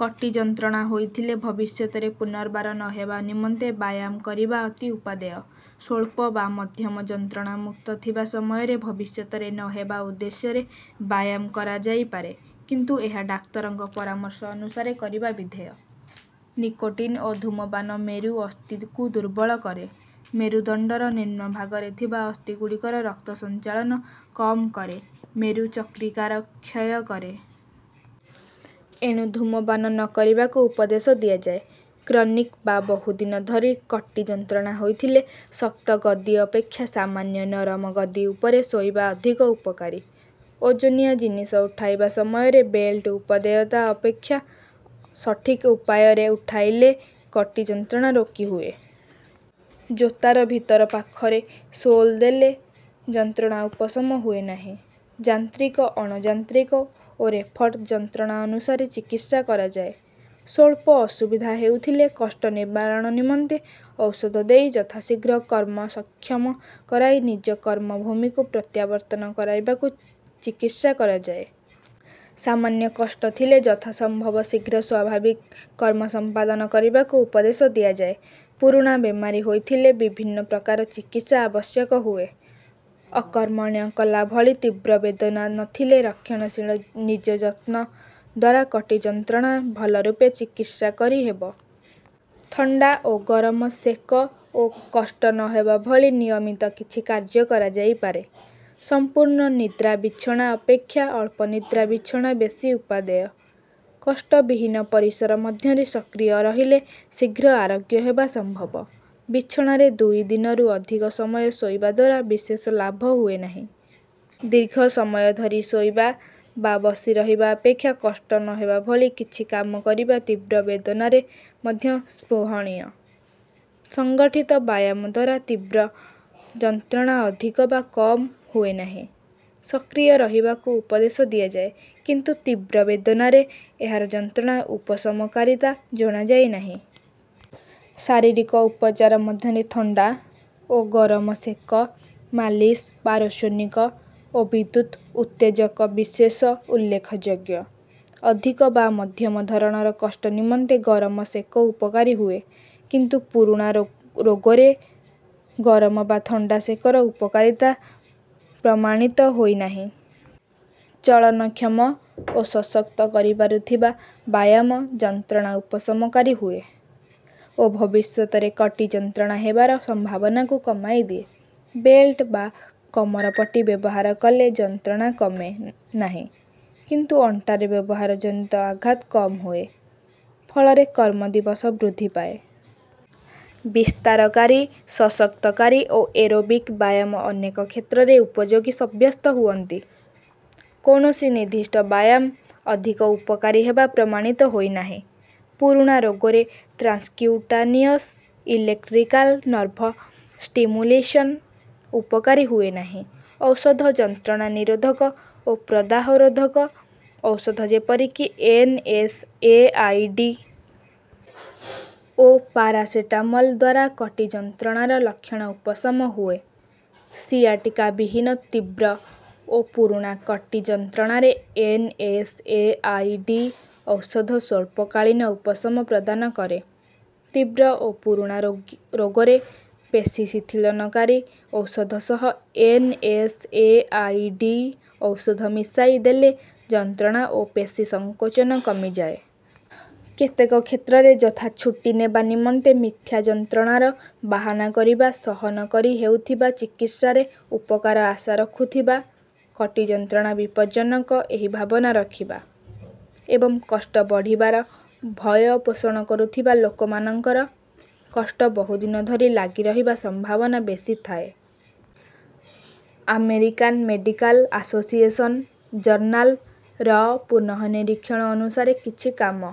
କଟି ଯନ୍ତ୍ରଣା ହୋଇଥିଲେ ଭବିଷ୍ୟତରେ ପୁନର୍ବାର ନ ହେବା ନିମନ୍ତେ ବ୍ୟାୟାମ କରିବା ଅତି ଉପାଦେୟ। ସ୍ୱଳ୍ପ ବା ମଧ୍ୟମ ଯନ୍ତ୍ରଣାମୁକ୍ତ ଥିବା ସମୟରେ ଭବିଷ୍ୟତରେ ନ ହେବା ଉଦ୍ଦେଶ୍ୟରେ ବ୍ୟାୟାମ କରାଯାଇ ପାରେ, କିନ୍ତୁ ଏହା ଡାକ୍ତରଙ୍କ ପରାମର୍ଶ ଅନୁସାରେ କରିବା ବିଧେୟ। ନିକୋଟିନ୍ ଓ ଧୂମପାନ ମେରୁ ଅସ୍ଥିକୁ ଦୁର୍ବଳ କରେ, ମେରୁଦଣ୍ଡର ନିମ୍ନ ଭାଗରେ ଥିବା ଅସ୍ଥିଗୁଡିକର ରକ୍ତ ସଞ୍ଚାଳନ କମ୍ କରେ, ମେରୁ ଚକ୍ରିକାର କ୍ଷୟ କରେ। ଏଣୁ ଧୂମପାନ ନ କରିବାକୁ ଉପଦେଶ ଦିଆଯାଏ। କ୍ରନିକ୍ ବା ବହୁଦିନ ଧରି କଟି ଯନ୍ତ୍ରଣା ହୋଇଥିଲେ ଶକ୍ତ ଗଦି ଅପେକ୍ଷା ସାମାନ୍ୟ ନରମ ଗଦି ଉପରେ ଶୋଇବା ଅଧିକ ଉପକାରୀ। ଓଜନିଆ ଜିନିଷ ଉଠାଇବା ସମୟରେ ବେଲ୍ଟର ଉପାଦେୟତା ଅପେକ୍ଷା ସଠିକ୍ ଉପାୟରେ ଉଠାଇଲେ କଟି ଯନ୍ତ୍ରଣା ରୋକିହୁଏ। ଜୋତାର ଭିତର ପାଖରେ ସୋଲ୍ ଦେଲେ ଯନ୍ତ୍ରଣା ଉପଶମ ହୁଏ ନାହିଁ। ଯାନ୍ତ୍ରିକ, ଅଣଯାନ୍ତ୍ରିକ ଓ ରେଫର୍ଡ ଯନ୍ତ୍ରଣା ଅନୁସାରେ ଚିକିତ୍ସା କରାଯାଏ। ସ୍ୱଳ୍ପ ଅସୁବିଧା ହେଉଥିଲେ କଷ୍ଟ ନିବାରଣ ନିମନ୍ତେ ଔଷଧ ଦେଇ ଯଥାଶୀଘ୍ର କର୍ମ ସକ୍ଷମ କରାଇ ନିଜ କର୍ମଭୂମିକୁ ପ୍ରତ୍ୟାବର୍ତ୍ତନ କରାଇବାକୁ ଚିକିତ୍ସା କରାଯାଏ। ସାମାନ୍ୟ କଷ୍ଟ ଥିଲେ ଯଥା ସମ୍ଭବ ଶୀଘ୍ର ସ୍ୱାଭାବିକ କର୍ମ ସମ୍ପାଦନ କରିବାକୁ ଉପଦେଶ ଦିଆଯାଏ। ପୁରୁଣା ବେମାରୀ ହୋଇଥିଲେ ବିଭିନ୍ନ ପ୍ରକାର ଚିକିତ୍ସା ଆବଶ୍ୟକ ହୁଏ। ଅକର୍ମଣ୍ୟ କଲା ଭଳି ତୀବ୍ର ବେଦନା ନ ଥିଲେ ରକ୍ଷଣଶୀଳ ନିଜ ଯତ୍ନ ଦ୍ୱାରା କଟି ଯନ୍ତ୍ରଣା ଭଲ ରୂପେ ଚିକିତ୍ସା କରି ହେବ। ଥଣ୍ଡା ଓ ଗରମ ସେକ ଓ କଷ୍ଟ ନ ହେବା ଭଳି ନିୟମିତ କିଛି କାର୍ଯ୍ୟ କରାଯାଇପାରେ। ସମ୍ପୂର୍ଣ୍ଣ ନିଦା ବିଛଣା ଅପେକ୍ଷା ଅଳ୍ପ ନିଦା ବିଛଣା ବେଶୀ ଉପାଦେୟ। କଷ୍ଟ ବିହୀନ ପରିସର ମଧ୍ୟରେ ସକ୍ରିୟ ରହିଲେ ଶୀଘ୍ର ଆରୋଗ୍ୟ ହେବା ସମ୍ଭବ। ବିଛଣାରେ ଦୁଇ ଦିନରୁ ଅଧିକ ସମୟ ଶୋଇବା ଦ୍ୱାରା ବିଶେଷ ଲାଭ ହୁଏ ନାହିଁ। ଦୀର୍ଘ ସମୟ ଧରି ଶୋଇବା ବା ବସି ରହିବା ଅପେକ୍ଷା କଷ୍ଟ ନ ହେବା ଭଳି କିଛି କାମ କରିବା ତୀବ୍ର ବେଦନାରେ ମଧ୍ୟ ସ୍ପୃହଣୀୟ। ସଂଗଠିତ ବ୍ୟାୟାମ ଦ୍ୱାରା ତୀବ୍ର ଯନ୍ତ୍ରଣା ଅଧିକ ବା କମ୍ ହୁଏ ନାହିଁ। ସକ୍ରିୟ ରହିବାକୁ ଉପଦେଶ ଦିଆଯାଏ କିନ୍ତୁ ତୀବ୍ର ବେଦନାରେ ଏହାର ଯନ୍ତ୍ରଣା ଉପଶମକାରୀତା ଜଣାଯାଇ ନାହିଁ। ଶାରୀରିକ ଉପଚାର ମଧ୍ୟରେ ଥଣ୍ଡା ଓ ଗରମ ସେକ, ମାଲିସ୍, ପାରସ୍ୱନିକ ଓ ବିଦ୍ୟୁତ୍ ଉତ୍ତେଜକ ବିଶେଷ ଉଲ୍ଲେଖଯୋଗ୍ୟ। ଅଧିକ ବା ମଧ୍ୟମ ଧରଣର କଷ୍ଟ ନିମନ୍ତେ ଗରମ ସେକ ଉପକାରୀ ହୁଏ, କିନ୍ତୁ ପୁରୁଣା ରୋ ରୋଗରେ ଗରମ ବା ଥଣ୍ଡା ସେକର ଉପକାରୀତା ପ୍ରମାଣିତ ହୋଇ ନାହିଁ। ଚଳନକ୍ଷମ ଓ ସଶକ୍ତ କରିପାରୁଥିବା ବ୍ୟାୟାମ ଯନ୍ତ୍ରଣା ଉପଶମକାରୀ ହୁଏ ଓ ଭବିଷ୍ୟତରେ କଟି ଯନ୍ତ୍ରଣା ହେବାର ସମ୍ଭାବନାକୁ କମାଇ ଦିଏ। ବେଲ୍ଟ ବା କମରପଟି ବ୍ୟବହାର କଲେ ଯନ୍ତ୍ରଣା କମେ ନାହିଁ କିନ୍ତୁ ଅଣ୍ଟାରେ ବ୍ୟବହାର ଜନିତ ଆଘାତ କମ୍ ହୁଏ, ଫଳରେ କର୍ମ ଦିବସ ବୃଦ୍ଧି ପାଏ। ବିସ୍ତାରକାରୀ, ସଶକ୍ତକାରୀ ଓ ଏରୋବିକ୍ ବ୍ୟାୟାମ ଅନେକ କ୍ଷେତ୍ରରେ ଉପଯୋଗୀ ସବ୍ୟସ୍ତ ହୁଅନ୍ତି। କୌଣସି ନିର୍ଦ୍ଦିଷ୍ଟ ବ୍ୟାୟାମ ଅଧିକ ଉପକାରୀ ହେବା ପ୍ରମାଣିତ ହୋଇ ନାହିଁ। ପୁରୁଣା ରୋଗରେ ଟ୍ରାନ୍ସକ୍ୟୁଟାନିଅସ୍ ଇଲେକ୍ଟ୍ରିକାଲ୍ ନର୍ଭ ଷ୍ଟିମୁଲେସନ୍ ଉପକାରୀ ହୁଏ ନାହିଁ। ଔଷଧ ଯନ୍ତ୍ରଣା ନିରୋଧକ ଓ ପ୍ରଦାହ ରୋଧକ ଔଷଧ ଯେପରିକି ଏନ୍.ଏସ୍.ଏ.ଆଇ.ଡି. ଓ ପାରାସେଟାମୋଲ୍ ଦ୍ୱାରା କଟି ଯନ୍ତ୍ରଣାର ଲକ୍ଷଣ ଉପଶମ ହୁଏ। ସିଆଟିକା ବିହୀନ ତୀବ୍ର ଓ ପୁରୁଣା କଟି ଯନ୍ତ୍ରଣାରେ ଏନ୍.ଏସ୍.ଏ.ଆଇ.ଡି. ଔଷଧ ସ୍ୱଳ୍ପକାଳୀନ ଉପଶମ ପ୍ରଦାନ କରେ। ତୀବ୍ର ଓ ପୁରୁଣା ରୋ ରୋଗରେ ପେଶୀ ଶିଥିଳକାରୀ ଔଷଧ ସହ ଏନ୍.ଏସ୍.ଏ.ଆଇ.ଡି. ଔଷଧ ମିଶାଇ ଦେଲେ ଯନ୍ତ୍ରଣା ଓ ପେଶୀ ସଙ୍କୋଚନ କମିଯାଏ। କେତେକ କ୍ଷେତ୍ରରେ ଯଥା ଛୁଟି ନେବା ନିମନ୍ତେ ମିଥ୍ୟା ଯନ୍ତ୍ରଣାର ବାହାନା କରିବା, ସହନ କରି ହେଉଥିବା ଚିକିତ୍ସାରେ ଉପକାର ଆଶା ରଖୁଥିବା, କଟି ଯନ୍ତ୍ରଣା ବିପଜ୍ଜନକ ଏହି ଭାବନା ରଖିବା, ଏବଂ କଷ୍ଟ ବଢ଼ିବାର ଭୟ ପୋଷଣ କରୁଥିବା ଲୋକମାନଙ୍କର କଷ୍ଟ ବହୁଦିନ ଧରି ଲାଗି ରହିବା ସମ୍ଭାବନା ବେଶୀ ଥାଏ। ଆମେରିକାନ୍ ମେଡିକାଲ୍ ଆସୋସିଏସନ୍ ଜର୍ନାଲ୍ ର ପୁନଃ ନିରୀକ୍ଷଣ ଅନୁସାରେ କିଛି କାମ